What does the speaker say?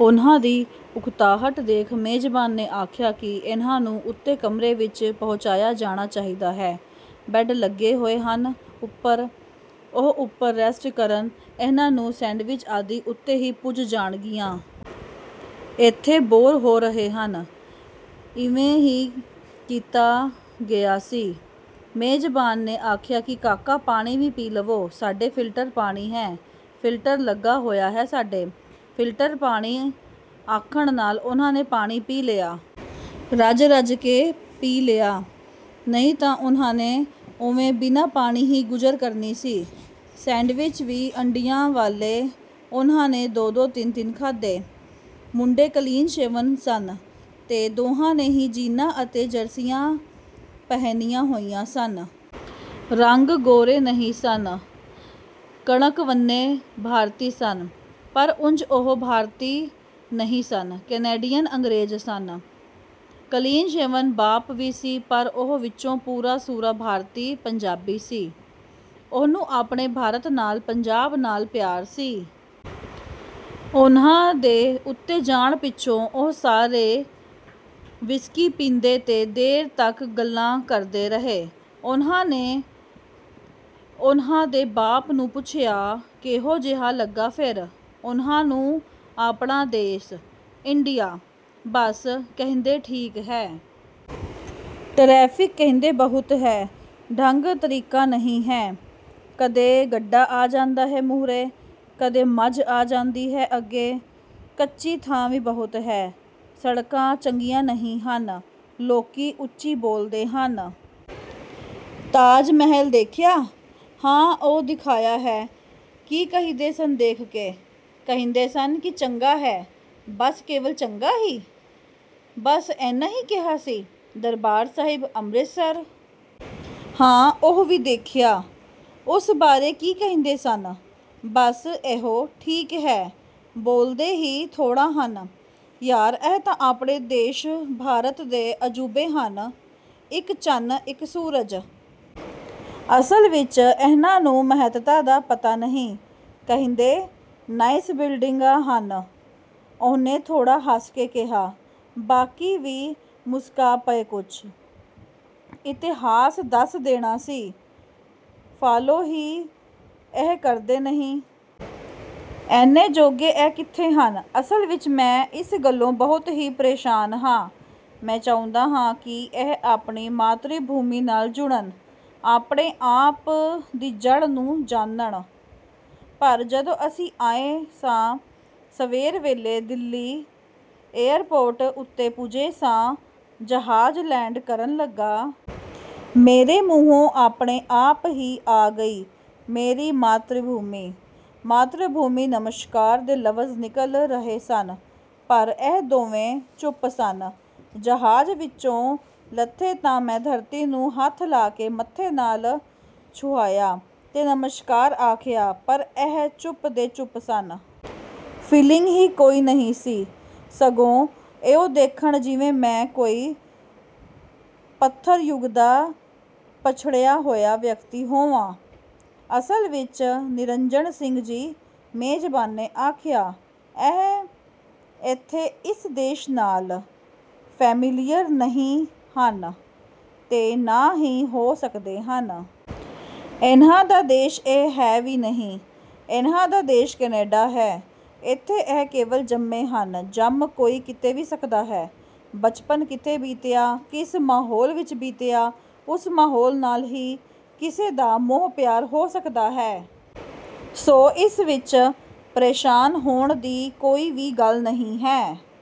ਉਹਨਾਂ ਦੀ ਉਕਤਾਹਟ ਦੇਖ, ਮੇਜ਼ਬਾਨ ਨੇ ਆਖਿਆ ਕਿ ਇਹਨਾਂ ਨੂੰ ਉਤੇ ਕਮਰੇ ਵਿਚ ਪਹੁੰਚਾਇਆ ਜਾਣਾ ਚਾਹੀਦਾ ਹੈ। ਬੈਡ ਲੱਗੇ ਹੋਏ ਹਨ ਉਪਰ। ਉਹ ਉਪਰ ਰੈਸਟ ਕਰਨ। ਇਹਨਾਂ ਨੂੰ ਸ਼ੈਂਡਵਿੱਚ ਆਦਿ ਉਤੇ ਹੀ ਪੁੱਜ ਜਾਣਗੀਆਂ। ਏਥੇ ਬੋਰ ਹੋ ਰਹੇ ਹਨ। ਇਵੇਂ ਹੀ ਕੀਤਾ ਗਿਆ ਸੀ। ਮੇਜ਼ਬਾਨ ਨੇ ਆਖਿਆ ਕਿ ਕਾਕਾ ਪਾਣੀ ਵੀ ਪੀ ਲਵੋ। ਸਾਡੇ ਫਿਲਟਰਡ ਪਾਣੀ ਹੈ। ਫਿਲਟਰ ਲੱਗਾ ਹੋਇਆ ਹੈ ਸਾਡੇ। ਫਿਲਟਰਡ ਪਾਣੀ ਆਖਣ ਨਾਲ ਉਹਨਾਂ ਨੇ ਪਾਣੀ ਪੀ ਲਿਆ। ਰੱਜ ਰੱਜ ਕੇ ਪੀ ਲਿਆ। ਨਹੀਂ ਤਾਂ ਉਹਨਾਂ ਨੇ ਉਵੇਂ ਬਿਨਾਂ ਪਾਣੀ ਹੀ ਗੁਜ਼ਰ ਕਰਨੀ ਸੀ। ਸੈਂਡਵਿਚ ਵੀ ਅੰਡਿਆਂ ਵਾਲੇ ਉਹਨਾਂ ਨੇ ਦੋ-ਦੋ, ਤਿੰਨ-ਤਿੰਨ ਖਾਧੇ। ਮੁੰਡੇ ਕਲੀਨ ਸ਼ੇਵਨ ਸਨ ਤੇ ਦੋਹਾਂ ਨੇ ਹੀ ਜੀਨਾਂ ਅਤੇ ਜਰਸੀਆਂ ਪਹਿਨੀਆਂ ਹੋਈਆਂ ਸਨ। ਰੰਗ ਗੋਰੇ ਨਹੀਂ ਸਨ। ਕਣਕਵੰਨੇ ਭਾਰਤੀ ਸਨ ਪਰ ਉਂਝ ਉਹ ਭਾਰਤੀ ਨਹੀਂ ਸਨ। ਕੈਨੇਡੀਅਨ ਅੰਗਰੇਜ਼ ਸਨ। ਕਲੀਨ ਸ਼ੇਵਨ ਬਾਪ ਵੀ ਸੀ ਪਰ ਉਹ ਵਿਚੋਂ ਪੂਰਾ-ਸੂਰਾ ਭਾਰਤੀ ਪੰਜਾਬੀ ਸੀ। ਉਹਨੂੰ ਆਪਣੇ ਭਾਰਤ ਨਾਲ, ਪੰਜਾਬ ਨਾਲ ਪਿਆਰ ਸੀ। ਉਹਨਾਂ ਦੇ ਉਤੇ ਜਾਣ ਪਿਛੋਂ ਉਹ ਸਾਰੇ ਵਿਸਕੀ ਪੀਂਦੇ ਤੇ ਦੇਰ ਤੱਕ ਗੱਲਾਂ ਕਰਦੇ ਰਹੇ। ਉਹਨਾਂ ਨੇ ਉਹਨਾਂ ਦੇ ਬਾਪ ਨੂੰ ਪੁੱਛਿਆ। "ਕਿਹੋ ਜਿਹਾ ਲੱਗਾ ਫੇਰ। ਇਹਨਾਂ ਨੂੰ ਆਪਣਾ ਦੇਸ਼, ਇੰਡੀਆ? " 'ਬਸ, ਕਹਿੰਦੇ ਠੀਕ ਹੈ। ਟਰੈਫਿਕ ਕਹਿੰਦੇ ਬਹੁਤ ਹੈ। ਢੰਗ ਤਰੀਕਾ ਨਹੀਂ ਹੈ। ਕਦੇ ਗੱਡਾ ਆ ਜਾਂਦਾ ਹੈ, ਮੂਹਰੇ, ਕਦੇ ਮੱਝ ਆ ਜਾਂਦੀ ਹੈ ਅੱਗੇ। ਕੱਚੀ ਥਾਂ ਵੀ ਬਹੁਤ ਹੈ। ਸੜਕਾਂ ਚੰਗੀਆਂ ਨਹੀਂ ਹਨ। ਲੋਕੀਂ ਉਚੀ ਬੋਲਦੇ ਹਨ। "ਤਾਜ਼ ਮਹਲ ਦੇਖਿਆ? "ਹਾਂ, ਉਹ ਦਿਖਾਇਆ ਹੈ। " "ਕੀ ਕਹਿੰਦੇ ਸਨ ਦੇਖ ਕੇ? " "ਕਹਿੰਦੇ ਸਨ ਕਿ ਚੰਗਾ ਹੈ। " "ਬੱਸ, ਕੇਵਲ ਚੰਗਾ ਹੀ? " "ਬੱਸ, ਏਨਾ ਹੀ ਕਿਹਾ ਸੀ? " "ਦਰਬਾਰ ਸਾਹਿਬ ਅੰਮ੍ਰਿਤਸਰ? " "ਹਾਂ, ਉਹ ਵੀ ਦੇਖਿਆ। " 'ਉਸ ਬਾਰੇ ਕੀ ਕਹਿੰਦੇ ਸਨ? " "ਬੱਸ, ਇਹੋ ਠੀਕ ਹੈ। ਬੋਲਦੇ ਹੀ ਥੋੜ੍ਹਾ ਹਨ। " "ਯਾਰ ਇਹ ਤਾਂ ਆਪਣੇ ਦੇਸ਼ ਭਾਰਤ ਦੇ ਅਜੂਬੇ ਹਨ। ਇਕ ਚੰਨ, ਇਕ ਸੂਰਜ। " "ਅਸਲ ਵਿਚ ਇਹਨਾਂ ਨੂੰ ਮਹੱਤਤਾ ਦਾ ਪਤਾ ਨਹੀਂ। ਕਹਿੰਦੇ ਨਾਈਸ ਬਿਲਡਿੰਗਾਂ ਹਨ। " ਉਹਨੇ ਥੋੜ੍ਹਾ ਹੱਸ ਕੇ ਕਿਹਾ। ਬਾਕੀ ਵੀ ਮੁਸਕਾ ਪਏ ਕੁਝ। "ਇਤਿਹਾਸ ਦੱਸ ਦੇਣਾ ਸੀ? " "ਫਾਲੋ ਹੀ ਇਹ ਕਰਦੇ ਨਹੀਂ। ਏਨੇ ਜੋਗੇ ਇਹ ਕਿੱਥੇ ਹਨ। ਅਸਲ ਵਿਚ ਮੈਂ ਇਸ ਗੱਲੋਂ ਬਹੁਤ ਹੀ ਪ੍ਰੇਸ਼ਾਨ ਹਾਂ। ਮੈਂ ਚਾਹੁੰਦਾ ਹਾਂ ਕਿ ਇਹ ਆਪਣੀ ਮਾਤ੍ਰੀ ਭੂਮੀ ਨਾਲ ਜੁੜਨ। ਆਪਣੇ-ਆਪ ਦੀ ਜੜ੍ਹ ਨੂੰ ਜਾਨਣ। ਪਰ… ਜਦੋਂ ਅਸੀਂ ਆਏ ਸਾਂ, ਸਵੇਰ ਵੇਲੇ ਦਿੱਲੀ ਏਅਰਪੋਰਟ ਉਤੇ ਪੁੱਜੇ ਸਾਂ, ਜਹਾਜ ਲੈਂਡ ਕਰਨ ਲੱਗਾ। ਮੇਰੇ ਮੂੰਹੋਂ ਆਪਣੇ ਆਪ ਹੀ ਆ ਗਈ ਮੇਰੀ ਮਾਤ੍ਰੀ-ਭੂਮੀ, ਮਾਤ੍ਰੀ ਭੂਮੀ ਨਮਸਕਾਰ' ਦੇ ਲਫਜ਼ ਨਿਕਲ ਰਹੇ ਸਨ ਪਰ ਇਹ ਦੋਵੇਂ ਚੁੱਪ ਸਨ। ਜਹਾਜ ਵਿਚੋਂ ਲੱਥੇ ਤਾਂ ਮੈਂ ਧਰਤੀ ਨੂੰ ਹੱਥ ਲਾ ਕੇ ਮੱਥੇ ਨਾਲ ਛੁਹਾਇਆ ਤੇ ਨਮਸਕਾਰ ਆਖਿਆ ਪਰ ਇਹ ਚੁੱਪ ਦੇ ਚੁੱਪ ਸਨ। ਫੀਲਿੰਗ ਹੀ ਕੋਈ ਨਹੀਂ ਸੀ। ਸਗੋਂ ਇਉਂ ਦੇਖਣ ਜਿਵੇਂ ਮੈਂ ਕੋਈ ਪੱਥਰ-ਯੁੱਗ ਦਾ ਪਛੜਿਆ ਹੋਇਆ ਵਿਅਕਤੀ ਹੋਵਾਂ। " "ਅਸਲ ਵਿਚ, ਨਿਰੰਜਣ ਸਿੰਘ ਜੀ", ਮੇਜ਼ਬਾਨ ਨੇ ਆਖਿਆ, "ਇਹ ਏਥੇ ਇਸ ਦੇਸ਼ ਨਾਲ ਫ਼ੈਮੀਲੀਅਰ ਨਹੀਂ ਹਨ ਤੇ ਨਾ ਹੀ ਹੋ ਸਕਦੇ ਹਨ। ਇਹਨਾਂ ਦਾ ਦੇਸ਼ ਇਹ ਹੈ ਵੀ ਨਹੀਂ। ਇਹਨਾਂ ਦਾ ਦੇਸ਼ ਕੈਨੇਡਾ ਹੈ। ਏਥੇ ਇਹ ਕੇਵਲ ਜੰਮੇ ਹਨ। ਜੰਮ ਕੋਈ ਕਿਤੇ ਵੀ ਸਕਦਾ ਹੈ। ਬਚਪਨ ਕਿਥੇ ਬੀਤਿਆ, ਕਿਸ ਮਾਹੌਲ ਵਿਚ ਬੀਤਿਆ, ਉਸ ਮਾਹੌਲ ਨਾਲ ਹੀ ਕਿਸੇ ਦਾ ਮੋਹ-ਪਿਆਰ ਹੋ ਸਕਦਾ ਹੈ। ਸੋ, ਇਸ ਵਿਚ ਪ੍ਰੇਸ਼ਾਨ ਹੋਣ ਦੀ ਕੋਈ ਵੀ ਗੱਲ ਨਹੀਂ ਹੈ।